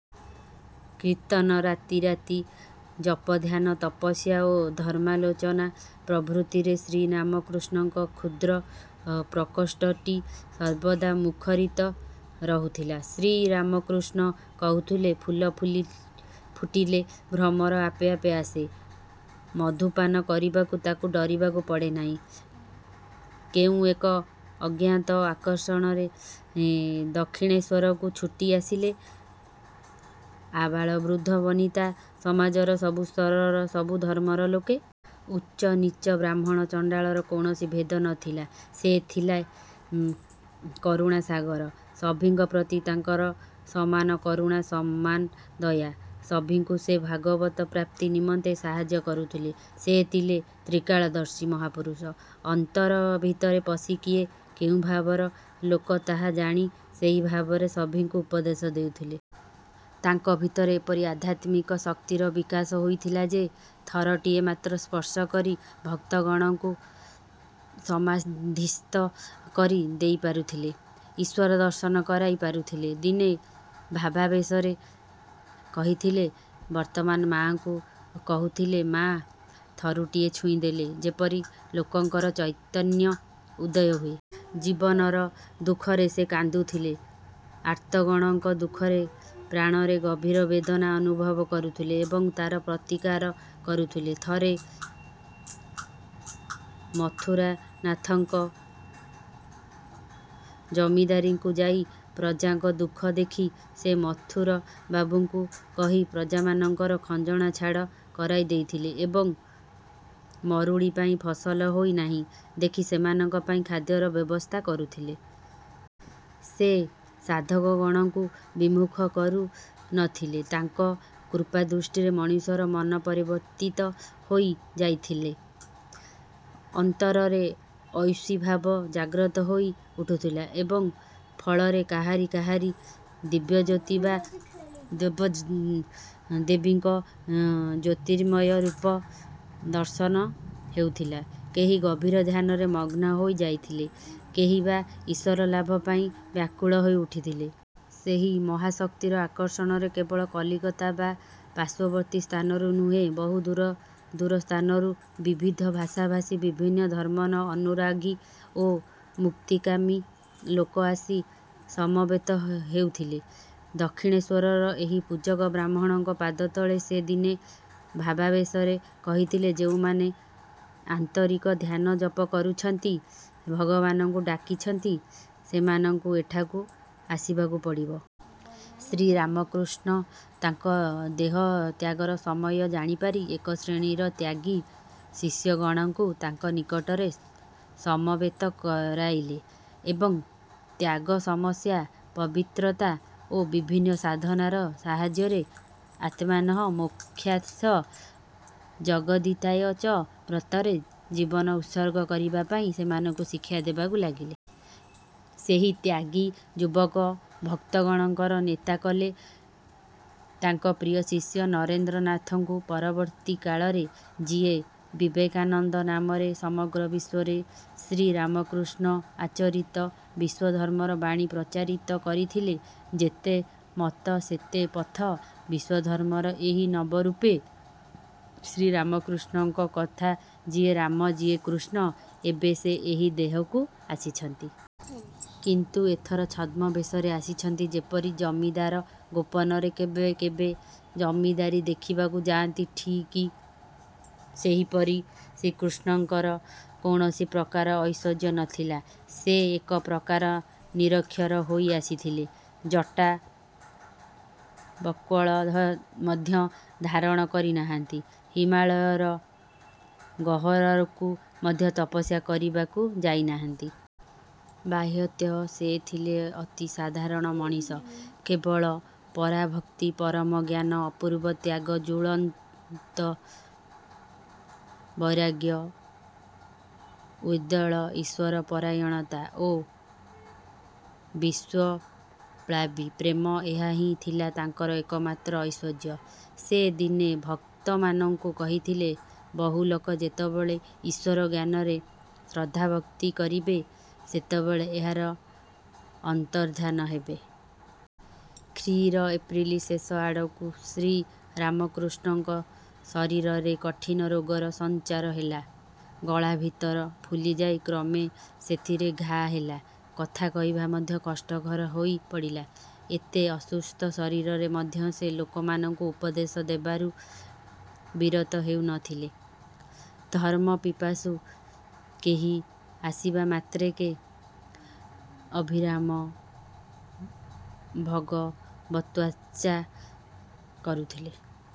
କୀର୍ତ୍ତନ ରାତି ରାତି ଜପଧ୍ୟାନ ତପସ୍ୟା ଓ ଧର୍ମାଲୋଚନା ପ୍ରଭୃତିରେ ଶ୍ରୀରାମକୃଷ୍ଣଙ୍କ କ୍ଷୁଦ୍ର ପ୍ରକୋଷ୍ଠଟି ସର୍ବଦା ମୁଖରିତ ରହୁଥିଲା। ଶ୍ରୀରାମକୃଷ୍ଣ କହୁଥିଲେ ଫୁଲ ଫୁଟିଲେ ଭ୍ରମର ଆପେ ଆପେ ଆସେ ମଧୁପାନ କରିବାକୁ ତାକୁ ଡାକିବାକୁ ପଡ଼େ ନାହିଁ। କେଉଁ ଏକ ଅଜ୍ଞାତ ଆକର୍ଷଣରେ ଦକ୍ଷିଣେଶ୍ୱରକୁ ଛୁଟି ଆସିଲେ ଆବାଳ ବୃଦ୍ଧ ବନିତା ସମାଜର ସବୁ ସ୍ତରର ସବୁ ଧର୍ମର ଲୋକେ। ଉଚ୍ଚ ନୀଚ ବ୍ରାହ୍ମଣ ଚଣ୍ଡାଳର କୌଣସି ଭେଦ ନ ଥିଲା। ସେ ଥିଲେ କରୁଣାସାଗର। ସଭିଙ୍କ ପ୍ରତି ତାଙ୍କର ସମାନ କରୁଣା ସମାନ ଦୟା। ସଭିଙ୍କୁ ସେ ଭଗବତ ପ୍ରାପ୍ତି ନିମନ୍ତେ ସାହାଯ୍ୟ କରୁଥିଲେ। ସେ ଥିଲେ ତ୍ରିକାଳଦର୍ଶୀ ମହାପୁରୁଷ। ଅନ୍ତର ଭିତରେ ପଶି କିଏ କେଉଁ ଭାବର ଲୋକ ତାହା ଜାଣି ସେହି ଭାବରେ ସଭିଙ୍କୁ ଉପଦେଶ ଦେଉଥିଲେ। ତାଙ୍କ ଭିତରେ ଏପରି ଆଧ୍ୟାତ୍ମିକ ଶକ୍ତିର ବିକାଶ ହୋଇଥିଲା ଯେ ଥରଟିଏ ମାତ୍ର ସ୍ପର୍ଶ କରି ଭକ୍ତଗଣଙ୍କୁ ସମାଧିସ୍ଥ କରି ଦେଇପାରୁଥିଲେ ଈଶ୍ୱର ଦର୍ଶନ କରାଇ ପାରୁଥିଲେ। ଦିନେ ଭାବାବେଶରେ କହିଥିଲେ ବର୍ତ୍ତମାନ ମାଆଙ୍କୁ କହୁଥିଲି ମା ଥରଟିଏ ଛୁଇଁଦେଲେ ଯେପରି ଲୋକଙ୍କର ଚୈତନ୍ୟ ଉଦୟ ହୁଏ। ଜୀବର ଦୁଃଖରେ ସେ କାନ୍ଦୁଥିଲେ ଆର୍ତ୍ତଗଣଙ୍କ ଦୁଃଖରେ ପ୍ରାଣରେ ଗଭୀର ବେଦନା ଅନୁଭବ କରୁଥିଲେ ଏବଂ ତାର ପ୍ରତିକାର କରୁଥିଲେ। ଥରେ ମଥୁରାନାଥଙ୍କ ଜମିଦାରୀକୁ ଯାଇ ପ୍ରଜାଙ୍କ ଦୁଃଖ ଦେଖି ସେ ମଥୁରବାବୁଙ୍କୁ କହି ପ୍ରଜାମାନଙ୍କର ଖଜଣା ଛାଡ଼ କରାଇ ଦେଇଥିଲେ ଏବଂ ମରୁଡ଼ି ପାଇଁ ଫସଲ ହୋଇ ନାହିଁ ଦେଖି ସେମାନଙ୍କ ପାଇଁ ଖାଦ୍ୟର ବ୍ୟବସ୍ଥା କରୁଥିଲେ। ସେ ସାଧକଗଣଙ୍କୁ ବିମୁଖ କରୁ ନ ଥିଲେ। ତାଙ୍କ କୃପାଦୃଷ୍ଟିରେ ମଣିଷର ମନ ପରିବର୍ତ୍ତିତ ହୋଇ ଯାଉଥିଲା ଅନ୍ତରରେ ଐଶୀ ଭାବ ଜାଗ୍ରତ ହୋଇ ଉଠୁଥିଲା ଏବଂ ଫଳରେ କାହାରି କାହାରି ଦିବ୍ୟଜ୍ୟୋତି ବା ଦେବଦେବୀଙ୍କ ଜ୍ୟୋତିର୍ମୟ ରୂପ ଦର୍ଶନ ହେଉଥିଲା କେହି ଗଭୀର ଧ୍ୟାନରେ ମଗ୍ନ ହୋଇ ଯାଉଥିଲେ କେହି ବା ଈଶ୍ୱରଲାଭ ପାଇଁ ବ୍ୟାକୁଳ ହୋଇ ଉଠୁଥିଲେ। ସେହି ମହାଶକ୍ତିର ଆକର୍ଷଣରେ କେବଳ କଲିକତା ବା ପାର୍ଶ୍ୱବର୍ତ୍ତୀ ସ୍ଥାନରୁ ନୁହେଁ ବହୁ ଦୂର ଦୂର ସ୍ଥାନରୁ ବିବିଧ ଭାଷାଭାଷୀ ବିଭିନ୍ନ ଧର୍ମର ଅନୁରାଗୀ ଓ ମୁକ୍ତିକାମୀ ଲୋକ ଆସି ସମବେତ ହେଉଥିଲେ ଦକ୍ଷିଣେଶ୍ୱରର ଏହି ପୂଜକ ବ୍ରାହ୍ମଣଙ୍କ ପାଦତଳେ। ସେ ଦିନେ ଭାବାବେଶରେ କହିଥିଲେ ଯେଉଁମାନେ ଆନ୍ତରିକ ଧ୍ୟାନ ଜପ କରିଛନ୍ତି ଭଗବାନଙ୍କୁ ଡାକିଛନ୍ତି ସେମାନଙ୍କୁ ଏଠାକୁ ଆସିବାକୁ ପଡ଼ିବ। ଶ୍ରୀରାମକୃଷ୍ଣ ତାଙ୍କ ଦେହତ୍ୟାଗର ସମୟ ଜାଣିପାରି ଏକ ଶ୍ରେଣୀର ତ୍ୟାଗୀ ଶିଷ୍ୟଗଣଙ୍କୁ ତାଙ୍କ ନିକଟରେ ସମବେତ କରାଇଲେ ଏବଂ ତ୍ୟାଗ ତପସ୍ୟା ପବିତ୍ରତା ଓ ବିଭିନ୍ନ ସାଧନାର ସାହାଯ୍ୟରେ ଆତ୍ମନଃ ମୋକ୍ଷାର୍ଥଂ ଜଗଦ୍ଧିତାୟ ଚ ବ୍ରତରେ ଜୀବନ ଉତ୍ସର୍ଗ କରିବା ପାଇଁ ସେମାନଙ୍କୁ ଶିକ୍ଷା ଦେବାକୁ ଲାଗିଲେ। ସେହି ତ୍ୟାଗୀ ଯୁବକ ଭକ୍ତଗଣଙ୍କର ନେତା କଲେ ତାଙ୍କ ପ୍ରିୟ ଶିଷ୍ୟ ନରେନ୍ଦ୍ରନାଥଙ୍କୁ ପରବର୍ତ୍ତୀ କାଳରେ ଯିଏ ବିବେକାନନ୍ଦ ନାମରେ ସମଗ୍ର ବିଶ୍ୱରେ ଶ୍ରୀରାମକୃଷ୍ଣ ଆଚରିତ ବିଶ୍ୱଧର୍ମର ବାଣୀ ପ୍ରଚାରିତ କରିଥିଲେ। ଯେତେ ମତ ସେତେ ପଥ ବିଶ୍ୱଧର୍ମର ଏହି ନବ ରୂପ। ଶ୍ରୀରାମକୃଷ୍ଣଙ୍କ କଥା ଯିଏ ରାମ ଯିଏ କୃଷ୍ଣ ଏବେ ସେ ଏହି ଦେହକୁ ଆସିଛନ୍ତି। କିନ୍ତୁ ଏଥର ଛଦ୍ମବେଶରେ ଆସିଛନ୍ତି ଯେପରି ଜମିଦାର ଗୋପନରେ କେବେ କେବେ ଜମିଦାରୀ ଦେଖିବାକୁ ଯାଆନ୍ତି ଠିକ୍ ସେହିଭଳି। ଶ୍ରୀରାମକୃଷ୍ଣଙ୍କର କୌଣସି ପ୍ରକାର ଐଶ୍ୱର୍ଯ୍ୟ ନ ଥିଲା। ସେ ଏକ ପ୍ରକାର ନିରକ୍ଷର ହୋଇ ଆସିଥିଲେ। ଜଟା ବଳ୍କଳ ମଧ୍ୟ ଧାରଣ କରି ନାହାନ୍ତି। ହିମାଳୟର ଗହ୍ୱରକୁ ମଧ୍ୟ ତପସ୍ୟା କରିବାକୁ ଯାଇ ନାହାନ୍ତି। ବାହ୍ୟତଃ ସେ ଥିଲେ ଅତି ସାଧାରଣ ମଣିଷ। କେବଳ ପରାଭକ୍ତି ପରମ ଜ୍ଞାନ ଅପୂର୍ବ ତ୍ୟାଗ ଜ୍ୱଳନ୍ତ ବୈରାଗ୍ୟ ଉଦ୍ବେଳ ଈଶ୍ୱରପରାୟଣତା ଓ ବିଶ୍ୱପ୍ଳାବୀ ପ୍ରେମ ଏହା ହିଁ ଥିଲା ତାଙ୍କର ଏକମାତ୍ର ଐଶ୍ୱର୍ଯ୍ୟ। ସେ ଦିନେ ଭକ୍ତମାନଙ୍କୁ କହିଥିଲେ ବହୁ ଲୋକ ଯେତେବେଳେ ଈଶ୍ୱରଜ୍ଞାନରେ ଶ୍ରଦ୍ଧାଭକ୍ତି କରିବେ ସେତେବେଳେ ଏହାର ଅନ୍ତର୍ଦ୍ଧାନ ହେବ। ଖ୍ରୀ ର ଏପ୍ରିଲ ଶେଷ ଆଡ଼କୁ ଶ୍ରୀରାମକୃଷ୍ଣଙ୍କ ଶରୀରରେ କଠିନ ରୋଗର ସଞ୍ଚାର ହେଲା। ଗଳାଭିତର ଫୁଲିଯାଇ କ୍ରମେ ସେଥିରେ ଘାଆ ହେଲା। କଥା କହିବା ମଧ୍ୟ କଷ୍ଟକର ହୋଇ ପଡ଼ିଲା। ଏଡ଼େ ଅସୁସ୍ଥ ଶରୀରରେ ମଧ୍ୟ ସେ ଲୋକମାନଙ୍କୁ ଉପଦେଶ ଦେବାରୁ ବିରତ ହେଉ ନ ଥିଲେ। ଧର୍ମପିପାସୁ କେହି ଆସିବା ମାତ୍ରକେ ଅବିରାମ ଭଗବତ୍ଚର୍ଚ୍ଚା କରୁଥିଲେ।